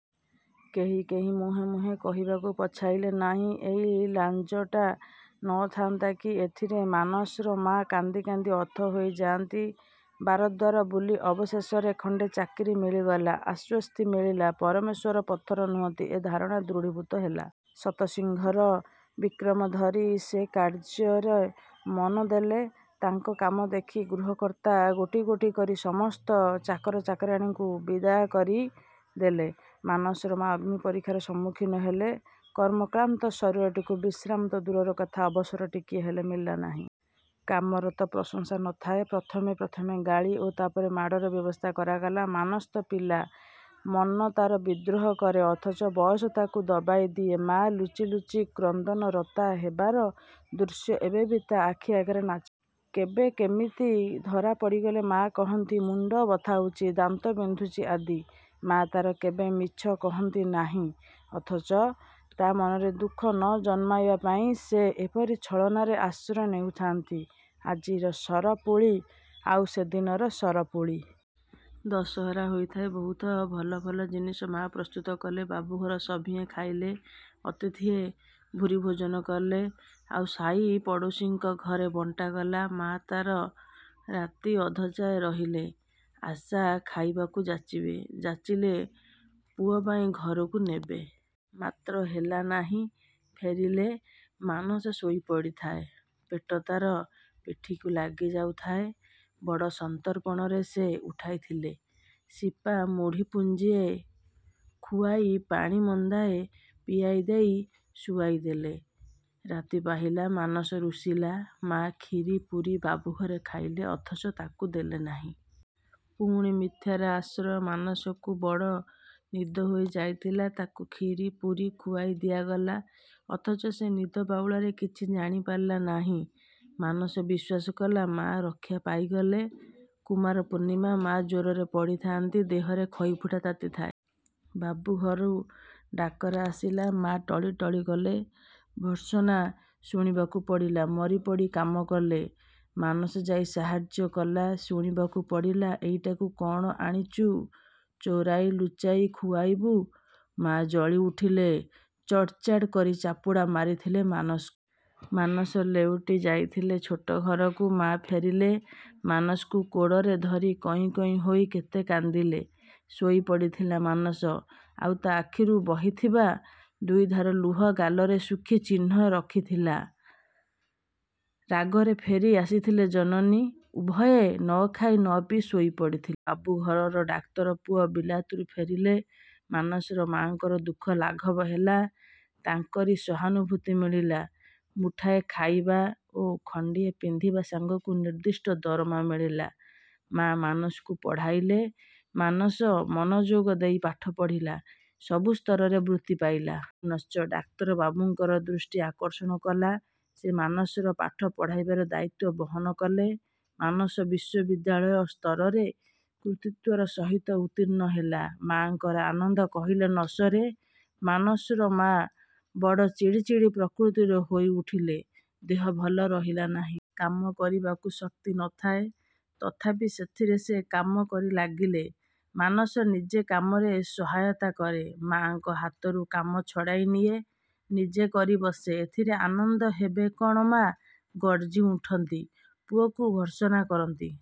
କେହି କେହି ମୁହେଁ ମୁହେଁ କହିବାକୁ ପଛାଇଲେ ନାହିଁ—ଏଇ ଲାଞ୍ଜଟା ନ ଥାଆନ୍ତା କି! ଏଥିରେ ମାନସର ମା' କାନ୍ଦି କାନ୍ଦି ଅଥୟ ହୋଇ ଯାଆନ୍ତି। ବାରଦ୍ୱାର ବୁଲି ଅବଶେଷରେ ଖଣ୍ତେ ଚାକିରୀ ମିଳିଗଲା। ଆଶ୍ୱସ୍ତି ମିଳିଲା। ପରମେଶ୍ୱର ପଥର ନୁହନ୍ତି–ଏ ଧାରଣା ଦୃଢ଼ୀଭୂତ ହେଲା। ଶତ ସିଂହର ବିକ୍ରମ ଧରି ସେ କାର୍ଯ୍ୟରେ ମନ ଦେଲେ। ତାଙ୍କ କାମ ଦେଖି ଗୃହକର୍ତ୍ତା ଗୋଟି ଗୋଟି କରି ସମସ୍ତ ଚାକର ଚାକରାଣୀଙ୍କୁ ବିଦାୟ କରି ଦେଲେ। ମାନସର ମା' ଅଗ୍ନି ପରୀକ୍ଷାର ସମ୍ମୁଖୀନ ହେଲେ। କର୍ମକ୍ଳାନ୍ତ ଶରୀରଟିକୁ ବିଶ୍ରାମ ତ ଦୂରର କଥା, ଅବସର ଟିକିଏ ହେଲେ ମିଳିଲା ନାହିଁ। କାମର ତ ପ୍ରଶଂସା ନ ଥାଏ। ପ୍ରଥମେ ପ୍ରଥମେ ଗାଳି ଓ ତା'ପରେ ମାଡ଼ର ବ୍ୟବସ୍ଥା କରାଗଲା। ମାନସ ତ ପିଲା। ମନ ତାର ବିଦ୍ରୋହ କରେ। ଅଥଚ ବୟସ ତାକୁ ଦବାଇ ଦିଏ। ମାଆ ଲୁଚି ଲୁଚି କ୍ରନ୍ଦନରତା ହେବାର ଦୃଶ୍ୟ ଏବେ ବି ତା ଆଖି ଆଗରେ ନାଚିଉଠେ। କେବେ କେମିତି ଧରା ପଡ଼ିଗଲେ, ମା' କହନ୍ତି—ମୁଣ୍ତ ବଥାଉଚି, ଦାନ୍ତ ବିନ୍ଧୁଚି ଆଦି। ମା'ତାର କେବେ ମିଛ କହନ୍ତି ନାହିଁ, ଅଥଚ ତା ମନରେ ଦୁଃଖ ନ ଜନ୍ମାଇବା ପାଇଁ ସେ ଏପରି ଛଳନାରେ ଆଶ୍ରୟ ନେଉ ଥାଆନ୍ତି। ଆଜିର ସର ପୁଳି ଆଉ ସେ ଦିନର ସର ପୁଳି। ଦଶହରା ହୋଇଥାଏ। ବହୁତ ଭଲ ଭଲ ଜିନିଷ ମା' ପ୍ରସ୍ତୁତ କଲେ। ବାବୁଘର ସଭିଏଁ ଖାଇଲେ, ଅତିଥିଏ ଭୂରୀ ଭୋଜନ କଲେ, ଆଉ ସାଇ ପଡ଼ୋଶୀଙ୍କ ଘରେ ବଣ୍ଟାଗଲା। ମା'ତାର ରାତି ଅଧଯାଏ ରହିଲେ। ଆଶା, ଖାଇବାକୁ ଯାଚିବେ। ଯାଚିଲେ ପୁଅ ପାଇଁ ଘରକୁ ନେବେ। ମାତ୍ର ହେଲା ନାହିଁ। ଫେରିଲେ, ମାନସ ଶୋଇ ପଡ଼ିଥାଏ। ପେଟ ତାର ପିଠିକୁ ଲାଗି ଯାଉଥାଏ। ବଡ଼। ସନ୍ତର୍ପଣରେ ସେ ଉଠାଇଥିଲେ। ସିପା ମୁଢ଼ି ପୁଞ୍ଜିଏ ଖୁଆଇ, ପାଣି ମନ୍ଦାଏ ପିଆଇ ଦେଇ ଶୁଆଇ ଦେଲେ। ରାତି ପାହିଲା। ମାନସ ରୁଷିଲା। ମା' ଖିରୀ ପୁରୀ ବାବୁଘରେ ଖାଇଲେ, ଅଥଚ ତାକୁ ଦେଲେ ନାହିଁ। ପୁଣି ମିଥ୍ୟାର ଆଶ୍ରୟ। ମାନସକୁ ବଡ଼ ନିଦ ହୋଇ ଯାଇଥିଲା, ତାକୁ ଖିରୀ ପୁରୀ ଖୁଆଇ ଦିଆଗଲା। ଅଥଚ ସେ ନିଦ ବାଉଳାରେ କିଛି ଜାଣି ପାରିଲା ନାହିଁ। ମାନସ ବିଶ୍ୱାସ କଲା-। ମା' ରକ୍ଷା ପାଇଗଲେ। କୁମାର ପୂର୍ଣ୍ଣିମା। ମା ଜ୍ୱରରେ ପଡ଼ିଥାଆନ୍ତି। ଦେହରେ ଖଇଫୁଟା ତାତି ଥାଏ। ବାବୁ ଘରୁ ଡାକରା ଆସିଲା। ମା ଟଳି ଟଳି ଗଲେ। ଭତ୍ସନା ଶୁଣିବାକୁ ପଡ଼ିଲା। ମରି ପଡ଼ି କାମ କଲେ-। ମାନସ ଯାଇ ସାହାର୍ଯ୍ୟ କଲା, ଶୁଣିବାକୁ ପଡ଼ିଲା—ଏଇଟାକୁ କଅଣ ଆଣିଚୁ ଚୋରାଇ ଲୁଚାଇ ଖୁଆଇବୁ? ମା' ଜଳି ଉଠିଲେ। ଚଡ଼ଚାଡ଼ କରି ଚାପୁଡ଼ା ମାରିଥିଲେ ମାନସକୁ। ମାନସ ଲେଉଟି ଯାଇଥିଲେ ଛୋଟ ଘରକୁ। ମା' ଫେରିଲେ। ମାନସକୁ କୋଡ଼ରେ ଧରି କଇଁ କଇଁ ହୋଇ କେତେ କାନ୍ଦିଲେ। ଶୋଇ ପଡ଼ିଥିଲା ମାନସ। ଆଉ ତା ଆଖିରୁ ବହିଥିବା ଦୁଇଧାର ଲୁହ ଗାଲରେ ଶୁଖି ଚିହ୍ନ ରଖିଥିଲା। ରାଗରେ ଫେରି ଆସିଥିଲେ ଜନନୀ। ଉଭୟେ ନ ଖାଇ ନ ପିଇ ଶୋଇ ପଡ଼ିଥିଲେ। ବାବୁଘରର ଡାକ୍ତର ପୁଅ ବିଲାତରୁ ଫେରିଲେ। ମାନସର ମା'ଙ୍କର ଦୁଃଖ ଲାଘବ ହେଲା। ତାଙ୍କରି ସହାନୁଭୂତି ମିଳିଲା। ମୁଠାଏ ଖାଇବା ଓ ଖଣ୍ତିଏ ପିନ୍ଧିବା ସାଙ୍ଗକୁ ନିର୍ଦ୍ଦିଷ୍ଟ ଦରମା ମିଳିଲା। ମା ମାନସକୁ ପଢ଼ାଇଲେ। ମାନସ ମନଯୋଗ ଦେଇ ପାଠ ପଢ଼ିଲା। ସବୁ ସ୍ତରରେ ବୃତ୍ତି ପାଇଲା। ପୁନଶ୍ଚ ଡାକ୍ତରବାବୁଙ୍କର ଦୃଷ୍ଟି ଆକର୍ଷଣ କଲା। ସେ ମାନସର ପାଠ ପଢ଼ାଇବାର ଦାୟିତ୍ୱ ବହନ କଲେ। ମାନସ ବିଶ୍ୱବିଦ୍ୟାଳୟ ସ୍ତରରେ କୃତିତ୍ୱର ସହିତ ଉର୍ତ୍ତୀଣ୍ଣ ହେଲା। ମା'ଙ୍କର ଆନନ୍ଦ କହିଲେ ନ ସରେ। ମାନସର ମା' ବଡ଼ ଚିଡ଼ି ଚିଡ଼ି ପ୍ରକୃତିର ହୋଇ ଉଠିଲେ। ଦେହ ଭଲ ରହିଲା ନାହିଁ। କାମ କରିବାକୁ ଶକ୍ତି ନ ଥାଏ। ତଥାପି ସେଥିରେ ସେ କାମ କରି ଲାଗିଲେ। ମାନସ ନିଜେ କାମରେ ସହାୟତା କରେ। ମା'ଙ୍କ ହାତରୁ କାମ ଛଡ଼ାଇ ନିଏ, ନିଜେ କରି ବସେ। ଏଥିର ଆନନ୍ଦ ହେବେ କ'ଣ ମା' ଗର୍ଜି ଉଠନ୍ତି। ପୁଅକୁ ଭତ୍ସନା କରନ୍ତି।